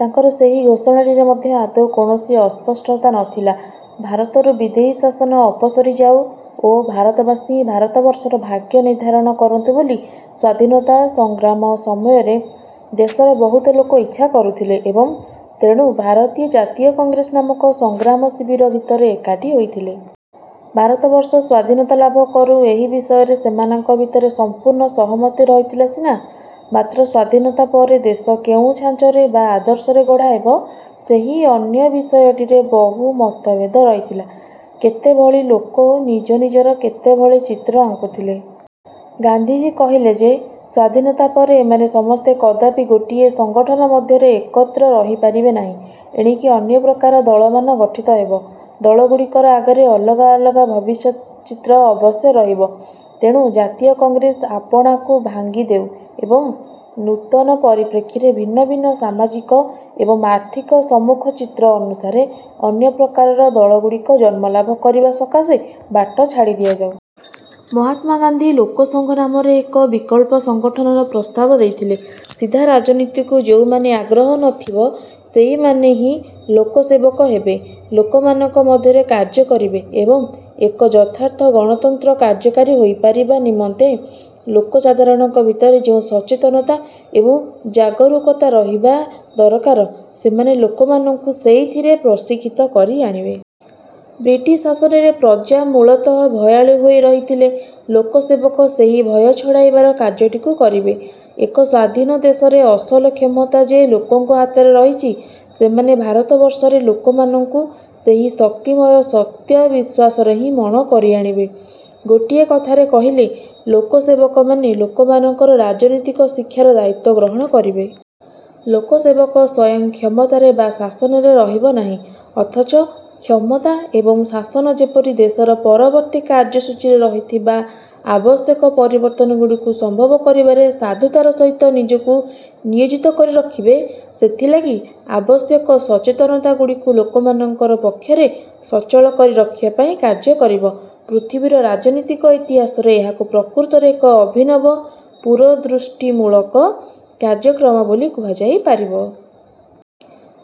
ତାଙ୍କର ସେହି ଘୋଷଣାଟିରେ ମଧ୍ୟ ଆଦୌ କୌଣସି ଅସ୍ପଷ୍ଟତା ନଥିଲା। ଭାରତରୁ ବିଦେଶୀ ଶାସନ ଅପସରି ଯାଉ ଓ ଭାରତବାସୀ ହିଁ ଭାରତବର୍ଷର ଭାଗ୍ୟ ନିର୍ଦ୍ଧାରଣ କରନ୍ତୁ ବୋଲି ସ୍ୱାଧୀନତା ସଂଗ୍ରାମ ସମୟରେ ଦେଶର ବହୁତ ଲୋକ ଇଚ୍ଛା କରୁଥିଲେ ଏବଂ ତେଣୁ ଭାରତୀୟ ଜାତୀୟ କଂଗ୍ରେସ ନାମକ ସଂଗ୍ରାମ ଶିବିର ଭିତରେ ଏକାଠି ହୋଇଥିଲେ। ଭାରତବର୍ଷ ସ୍ଵାଧୀନତା ଲାଭ କରୁ ଏହି ବିଷୟରେ ସେମାନଙ୍କ ଭିତରେ ସମ୍ପୂର୍ଣ୍ଣ ସହମତି ରହିଥିଲା ସିନା ମାତ୍ର ସ୍ୱାଧୀନତା ପରେ ଦେଶ କେଉଁ ଛାଞ୍ଚରେ ବା ଆଦର୍ଶରେ ଗଢ଼ା ହେବ, ସେହି ଅନ୍ୟ ବିଷୟଟିରେ ବହୁ ମତଭେଦ ରହିଥିଲା। କେତେଭଳି ଲୋକ ନିଜ ନିଜର କେତେଭଳି ଚିତ୍ର ଆଙ୍କୁଥିଲେ। ଗାନ୍ଧିଜୀ କହିଲେ ଯେ, ସ୍ଵାଧୀନତା ପରେ ଏମାନେ ସମସ୍ତେ କଦାପି ଗୋଟିଏ ସଂଗଠନ ମଧ୍ୟରେ ଏକତ୍ର ରହିପାରିବେ ନାହିଁ। ଏଣିକି ଅନ୍ୟ ପ୍ରକାର ଦଳମାନ ଗଠିତ ହେବ। ଦଳଗୁଡ଼ିକର ଆଗରେ ଅଲଗା ଅଲଗା ଭବିଷ୍ୟଚିତ୍ର ଅବଶ୍ୟ ରହିବ। ତେଣୁ ଜାତୀୟ କଂଗ୍ରେସ ଆପଣାକୁ ଭାଙ୍ଗିଦେଉ ଏବଂ ନୂତନ ପରିପ୍ରେକ୍ଷୀରେ ଭିନ୍ନ ଭିନ୍ନ ସାମାଜିକ ଏବଂ ଆର୍ଥିକ ସମ୍ମୁଖଚିତ୍ର ଅନୁସାରେ ଅନ୍ୟପ୍ରକାରର ଦଳଗୁଡ଼ିକ ଜନ୍ମଲାଭ କରିବା ସକାଶେ ବାଟ ଛାଡ଼ି ଦିଆଯାଉ। ମହାତ୍ମା ଗାନ୍ଧୀ ଲୋକସଂଘ ନାମରେ ଏକ ବିକଳ୍ପ ସଂଗଠନର ପ୍ରସ୍ତାବ ଦେଇଥିଲେ। ସିଧା ରାଜନୀତିକୁ ଯେଉଁମାନଙ୍କର ଆଗ୍ରହ ନଥିବ ସେହିମାନେ ହିଁ ଲୋକସେବକ ହେବେ, ଲୋକମାନଙ୍କ ମଧ୍ୟରେ କାର୍ଯ୍ୟ କରିବେ ଏବଂ ଏକ ଯଥାର୍ଥ ଗଣତନ୍ତ୍ର କାର୍ଯ୍ୟକାରୀ ହୋଇପାରିବା ନିମନ୍ତେ ଲୋକସାଧାରଣଙ୍କ ଭିତରେ ଯେଉଁ ସଚେତନତା ଏବଂ ଜାଗରୂକତା ରହିବା ଦରକାର, ସେମାନେ ଲୋକମାନଙ୍କୁ ସେଇଥିରେ ପ୍ରଶିକ୍ଷିତ କରି ଆଣିବେ। ବ୍ରିଟିଶ୍ ଶାସନରେ ପ୍ରଜା ମୂଳତଃ ଭୟାଳୁ ହୋଇ ରହିଥିଲେ, ଲୋକସେବକ ସେହି ଭୟ ଛଡ଼ାଇବାର କାର୍ଯ୍ୟଟିକୁ କରିବେ। ଏକ ସ୍ୱାଧୀନ ଦେଶରେ ଅସଲ କ୍ଷମତା ଯେ ଲୋକଙ୍କ ହାତରେ ରହିଛି ସେମାନେ ଭାରତବର୍ଷରେ ଲୋକମାନଙ୍କୁ ସେହି ଶକ୍ତିମୟ ସତ୍ୟ ବିଶ୍ୱାସରେ ହିଁ ମଣ କରିଆଣିବେ। ଗୋଟିଏ କଥାରେ କହିଲେ, ଲୋକସେବକମାନେ ଲୋକମାନଙ୍କର ରାଜନୀତିକ ଶିକ୍ଷାର ଦାୟିତ୍ୱ ଗ୍ରହଣ କରିବେ। ଲୋକସେବକ ସ୍ଵୟଂ କ୍ଷମତାରେ ବା ଶାସନରେ ରହିବ ନାହିଁ, ଅଥଚ କ୍ଷମତା ଏବଂ ଶାସନ ଯେପରି ଦେଶର ପରବର୍ତ୍ତୀ କାର୍ଯ୍ୟସୂଚୀରେ ରହିଥିବା ଆବଶ୍ୟକ ପରିବର୍ତ୍ତନଗୁଡ଼ିକୁ ସମ୍ଭବ କରିବାରେ ସାଧୁତାର ସହିତ ନିଜକୁ ନିୟୋଜିତ କରି ରଖିବେ, ସେଥିଲାଗି ଆବଶ୍ୟକ ସଚେତନତା ଗୁଡ଼ିକୁ ଲୋକମାନଙ୍କର ପକ୍ଷରେ ସଚଳ କରି ରଖିବା ପାଇଁ କାର୍ଯ୍ୟ କରିବ, ପୃଥିବୀର ରାଜନୀତିକ ଇତିହାସରେ ଏହାକୁ ପ୍ରକୃତରେ ଏକ ଅଭିନବ ପୁରୋଦୃଷ୍ଟିମୂଳକ କାର୍ଯ୍ୟକ୍ରମ ବୋଲି କୁହାଯାଇ ପାରିବ।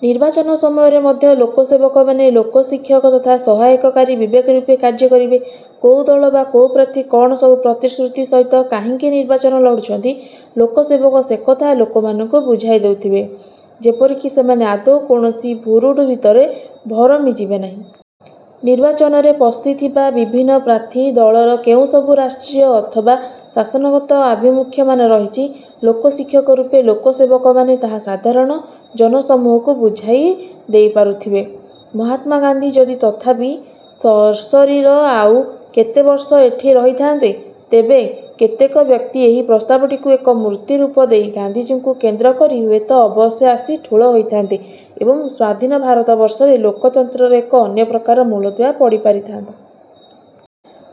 ନିର୍ବାଚନ ସମୟରେ ମଧ୍ୟ ଲୋକସେବକମାନେ ଲୋକଶିକ୍ଷକ ତଥା ସହାୟକାରୀ ବିବେକ ରୂପେ କାର୍ଯ୍ୟ କରିବେ। କୋଉ ଦଳ ବା କୋଉ ପ୍ରାର୍ଥୀ କଣ ସବୁ ପ୍ରତିଶ୍ରୁତି ସହିତ କାହିଁକି ନିର୍ବାଚନ ଲଢ଼ୁଛନ୍ତି, ଲୋକସେବକ ସେକଥା ଲୋକମାନଙ୍କୁ ବୁଝାଇ ଦେଉଥିବେ, ଯେପରିକି ସେମାନେ ଆଦୌ କୌଣସି ଭୁରୁଡୁ ଭିତରେ ଭରମି ଯିବେନାହିଁ। ନିର୍ବାଚନରେ ପଶିଥିବା ବିଭିନ୍ନ ପ୍ରାର୍ଥୀ ଦଳର କେଉଁସବୁ ରାଷ୍ଟ୍ରୀୟ ଅଥବା ଶାସନଗତ ଆଭିମୁଖ୍ୟମାନ ରହିଛି, ଲୋକଶିକ୍ଷକ ରୂପେ ଲୋକସେବକମାନେ ତାହା ସାଧାରଣ ଜନସମୂହକୁ ବୁଝାଇ ଦେଇପାରୁଥିବେ। ମହାତ୍ମା ଗାନ୍ଧୀ ଯଦି ତଥାପି ସଶରୀର ଆଉ କେତେବର୍ଷ ଏଠି ରହିଥାନ୍ତେ, ତେବେ କେତେକ ବ୍ୟକ୍ତି ଏହି ପ୍ରସ୍ତାବଟିକୁ ଏକ ମୂର୍ତ୍ତି ରୂପ ଦେଇ ଗାନ୍ଧିଜୀଙ୍କୁ କେନ୍ଦ୍ର କରି ହୁଏତ ଅବଶ୍ୟ ଆସି ଠୁଳ ହୋଇଥାନ୍ତେ ଏବଂ ସ୍ୱାଧୀନ ଭାରତବର୍ଷରେ ଲୋକତନ୍ତ୍ରର ଏକ ଅନ୍ୟପ୍ରକାର ମୂଳଦୁଆ ପଡ଼ିପାରିଥାନ୍ତା।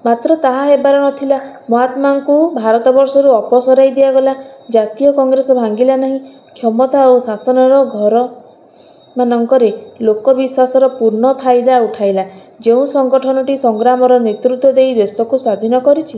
ମାତ୍ର ତାହା ହେବାର ନଥିଲା। ମହାତ୍ମାଙ୍କୁ ଭାରତବର୍ଷରୁ ଅପସରାଇ ଦିଆଗଲା। ଜାତୀୟ କଂଗ୍ରେସ ଭାଙ୍ଗିଲା ନାହିଁ। କ୍ଷମତା ଓ ଶାସନର ଘରମାନଙ୍କରେ ଲୋକବିଶ୍ୱାସର ପୂର୍ଣ୍ଣ ଫାଇଦା ଉଠାଇଲା। ଯେଉଁ ସଂଗଠନଟି ସଂଗ୍ରାମର ନେତୃତ୍ଵ ଦେଇ ଦେଶକୁ ସ୍ୱାଧୀନ କରିଛି,